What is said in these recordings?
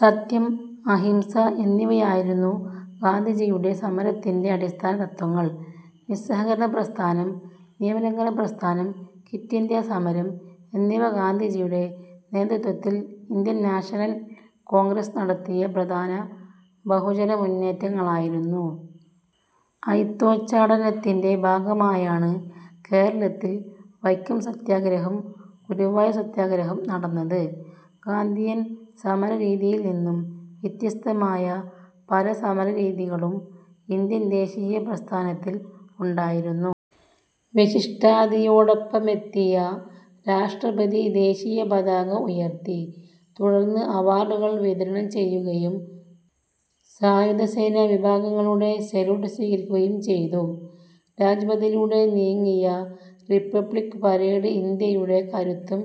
സത്യം, അഹിംസ എന്നിവയായിരുന്നു ഗാന്ധിജിയുടെ സമരത്തിന്റെ അടിസ്ഥാനതത്ത്വങ്ങൾ. നിസ്സഹകരണ പ്രസ്ഥാനം, നിയമലംഘന പ്രസ്ഥാനം, ക്വിറ്റിന്ത്യാ സമരം എന്നിവ ഗാന്ധിജിയുടെ നേതൃത്വത്തിൽ ഇന്ത്യൻ നാഷണൽ കോൺഗ്രസ് നടത്തിയ പ്രധാന ബഹുജനമുന്നേറ്റങ്ങളായിരുന്നു. അയിത്തോച്ചാടനത്തിന്റെ ഭാഗമായാണ് കേരളത്തിൽ വൈക്കം സത്യഗ്രഹവും ഗുരു വായൂർ സത്യഗ്രഹവും നടന്നത്. ഗാന്ധിയൻ സമരരീതിയിൽ നിന്നും വ്യത്യസ്തമായ പല സമരരീതികളും ഇന്ത്യൻ ദേശീയ പ്രസ്ഥാനത്തിൽ ഉണ്ടായിരുന്നു. വിശിഷ്ടാതിഥിയോടൊപ്പമെത്തിയ രാഷ്ട്രപതി ദേശീയപതാക ഉയർത്തി. തുടർന്ന് അവാർഡുകൾ വിതരണം ചെയ്യുകയും സായുധസേനാവിഭാഗങ്ങളുടെ സല്യൂട്ട് സ്വീകരിക്കുകയും ചെയ്തു. രാജ്പഥിലൂടെ നീങ്ങിയ റിപ്പബ്ലിക് പരേഡ് ഇന്ത്യയുടെ കരുത്തും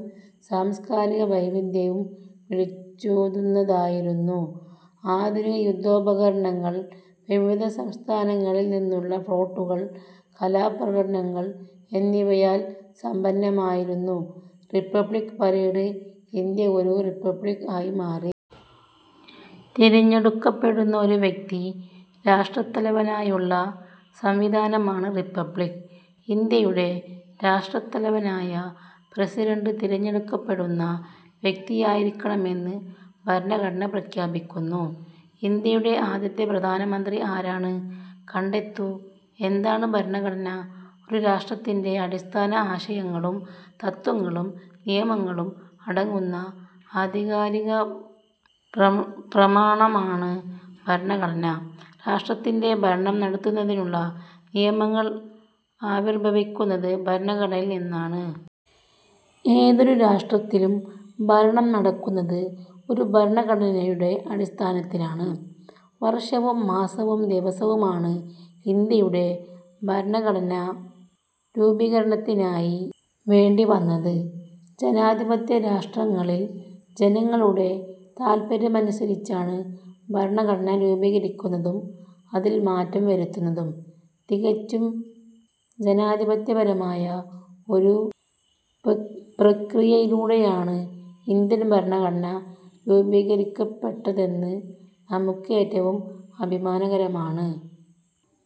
സാംസ്കാരിക വൈവിധ്യവും വിളിച്ചോതുന്നതായിരുന്നു. ആധുനിക യുദ്ധോപകരണങ്ങൾ, വിവിധ സംസ്ഥാനങ്ങളിൽ നിന്നുള്ള ഫ്ളോട്ടുകൾ, കലാപ്രകടനങ്ങൾ എന്നിവയാൽ സമ്പന്നമായിരുന്നു റിപ്പബ്ലിക് പരേഡ്. ഇന്ത്യ ഒരു റിപ്പബ്ലിക് ആയി മാറി. തിരഞ്ഞെടുക്കപ്പെടുന്ന ഒരു വ്യക്തി രാഷ്ട്രത്തലവനായുള്ള സംവിധാനമാണ് റിപ്പബ്ലിക്. ഇന്ത്യയുടെ രാഷ്ട്രതലവനായ പ്രസിഡന്റ്, തിരഞ്ഞെടുക്കപ്പെടുന്ന വ്യക്തിയായിരിക്കണമെന്ന് ഭരണഘടന പ്രഖ്യാപിക്കുന്നു. ഇന്ത്യയുടെ ആദ്യത്തെ പ്രധാനമന്ത്രി ആരാണ്? കണ്ടെത്തൂ. എന്താണ് ഭരണഘടന? ഒരു രാഷ്ട്രത്തിന്റെ അടിസ്ഥാന ആശയങ്ങളും തത്ത്വങ്ങളും നിയമങ്ങളും അടങ്ങുന്ന ആധികാരികപ്രമാണമാണ് ഭരണഘടന. രാഷ്ട്രത്തിന്റെ ഭരണം നടത്തുന്നതിനുള്ള നിയമങ്ങൾ ആവിർഭവിക്കുന്നത് ഭരണഘടനയിൽ നിന്നാണ്. ഏതൊരു രാഷ്ട്രത്തിലും ഭരണം നടക്കുന്നത് ഒരു ഭരണഘടനയുടെ അടിസ്ഥാനത്തിലാണ്. വർഷവും മാസവും ദിവസവുമാണ് ഇന്ത്യയുടെ ഭരണഘടനാരൂപീകരണത്തിനായി വേണ്ടി വന്നത്. ജനാധിപത്യ രാഷ്ട്രങ്ങളിൽ ജനങ്ങളുടെ താൽപര്യമനുസരിച്ചാണ് ഭരണഘടന രൂപീകരിക്കുന്നതും അതിൽ മാറ്റം വരുത്തുന്നതും. തികച്ചും ജനാധിപത്യപരമായ ഒരു പ്രക്രിയയിലൂടെയാണ് ഇന്ത്യൻ ഭരണഘടന രൂപീകരിക്കപ്പെട്ടതെന്നത് നമുക്കേറ്റവും അഭിമാനകരമാണ്.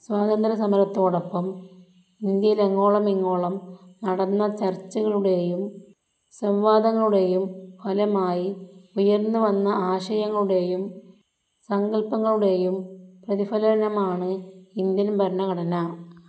സ്വാതന്ത്ര്യസമരത്തോടൊപ്പം ഇന്ത്യയിലങ്ങോളമിങ്ങോളം നടന്ന ചർച്ചകളുടെയും സംവാദങ്ങളുടെയും ഫലമായി ഉയർന്നു വന്ന ആശയങ്ങളുടെയും സങ്കൽപ്പങ്ങളുടെയും പ്രതിഫലനമാണ് ഇന്ത്യൻ ഭരണഘടന.